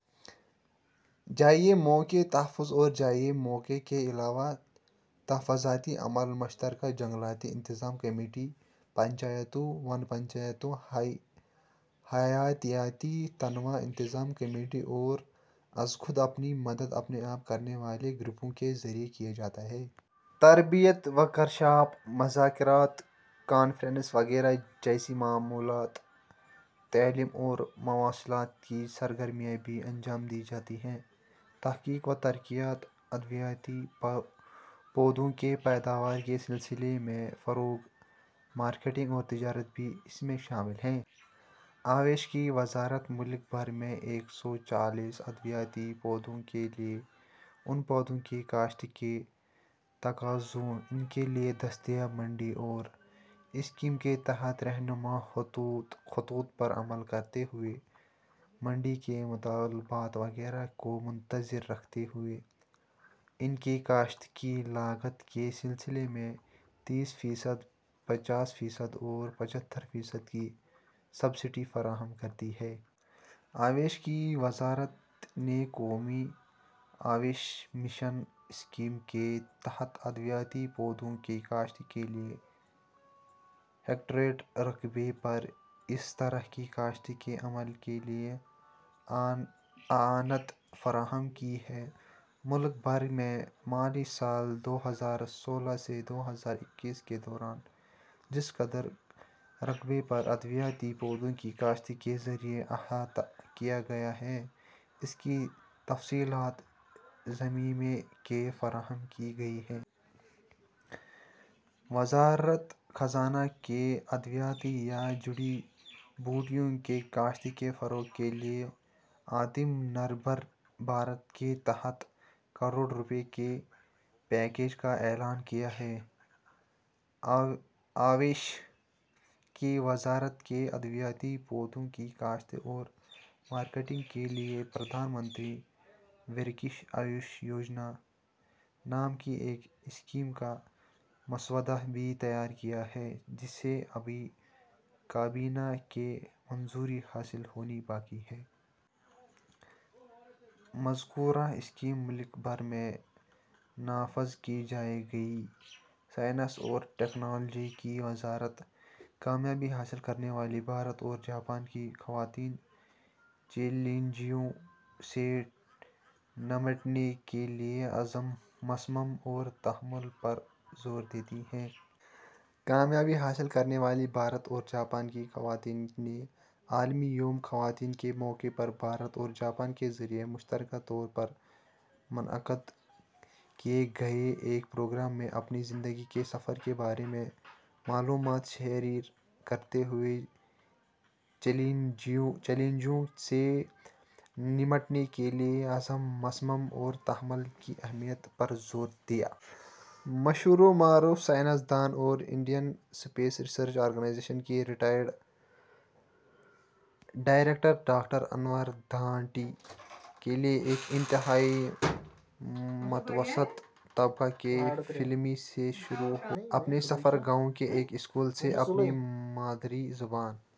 جائے موقع تحفظ اور جائے موقع کے علاوہ تحفظاتی عمل، مشترکہ جنگلاتی انتظام کمیٹی، پنچایتوں، ون پنچایتوں، حیاتیاتی تنوع انتظام کمیٹی اور از خود اپنی مدد آپ کرنے والے گروپوں کے ذریعے کیا جاتا ہے۔ تربیت، ورکشاپ، مذاکرات، کانفرنس وغیرہ جیسی معلومات، تعلیم اور مواصلات کی سرگرمیاں بھی انجام دی جاتی ہیں۔ تحقیق و ترقیات، ادویاتی پودوں کی پیداوار کے سلسلے میں فروغ، مارکیٹنگ اور تجارت بھی اس میں شامل ہیں۔ آیوش کی وزارت ملک بھر میں ایک سو چالیس ادویاتی پودوں کے لیے، ان پودوں کی کاشت کے تقاضوں، ان کے لیے دستیاب منڈی اور اسکیم کے تحت رہنما خطوط پر عمل کرتے ہوئے منڈی کے مطالبات وغیرہ کو مدنظر رکھتے ہوئے ان کی کاشت کی لاگت کے سلسلے میں تیس فیصد، پچاس فیصد اور پچھتر فیصد کی سبسڈی فراہم کرتی ہے۔ آیوش کی وزارت نے قومی آیوش مشن اسکیم کے تحت ادویاتی پودوں کی کاشت کے لیے ہیکٹیئر رقبے پر اس طرح کی کاشت کے عمل کے لیے اعانت فراہم کی ہے۔ ملک بھر میں مالی سال دو ہزار سولہ سے دو ہزار اکیس کے دوران جس قدر رقبے پر ادویاتی پودوں کی کاشت کے ذریعے احاطہ کیا گیا ہے، اس کی تفصیلات ضمیمے میں فراہم کی گئی ہیں۔ وزارت خزانہ نے ادویاتی یا جڑی بوٹیوں کی کاشت کے فروغ کے لیے آتم نربھر بھارت کے تحت کروڑ روپے کے پیکیج کا اعلان کیا ہے۔ آیوش کی وزارت نے ادویاتی پودوں کی کاشت اور مارکیٹنگ کے لیے پردھان منتری ورکش آیوش یوجنا نام کی ایک اسکیم کا مسودہ بھی تیار کیا ہے، جسے ابھی کابینہ کی منظوری حاصل ہونی باقی ہے۔ مذکورہ اسکیم ملک بھر میں نافذ کی جائے گی۔ سائنس اور ٹیکنالوجی کی وزارت۔ کامیابی حاصل کرنے والی بھارت اور جاپان کی خواتین چیلنجوں سے نمٹنے کے لیے عزم مصمم اور تحمل پر زور دیتی ہیں۔ کامیابی حاصل کرنے والی بھارت اور جاپان کی خواتین نے عالمی یوم خواتین کے موقع پر بھارت اور جاپان کے ذریعے مشترکہ طور پر منعقد کیے گئے ایک پروگرام میں اپنی زندگی کے سفر کے بارے میں معلومات شیئر کرتے ہوئے چیلنجوں سے نمٹنے کے لیے عزم مصمم اور تحمل کی اہمیت پر زور دیا۔ مشہور و معروف سائنس دان اور انڈین اسپیس ریسرچ آرگنائزیشن کی retired director doctor Anuradha T K نے ایک انتہائی متوسط طبقے کی فیملی سے شروع ہوئے اپنے سفر، گاؤں کے ایک اسکول سے اپنی مادری زبان...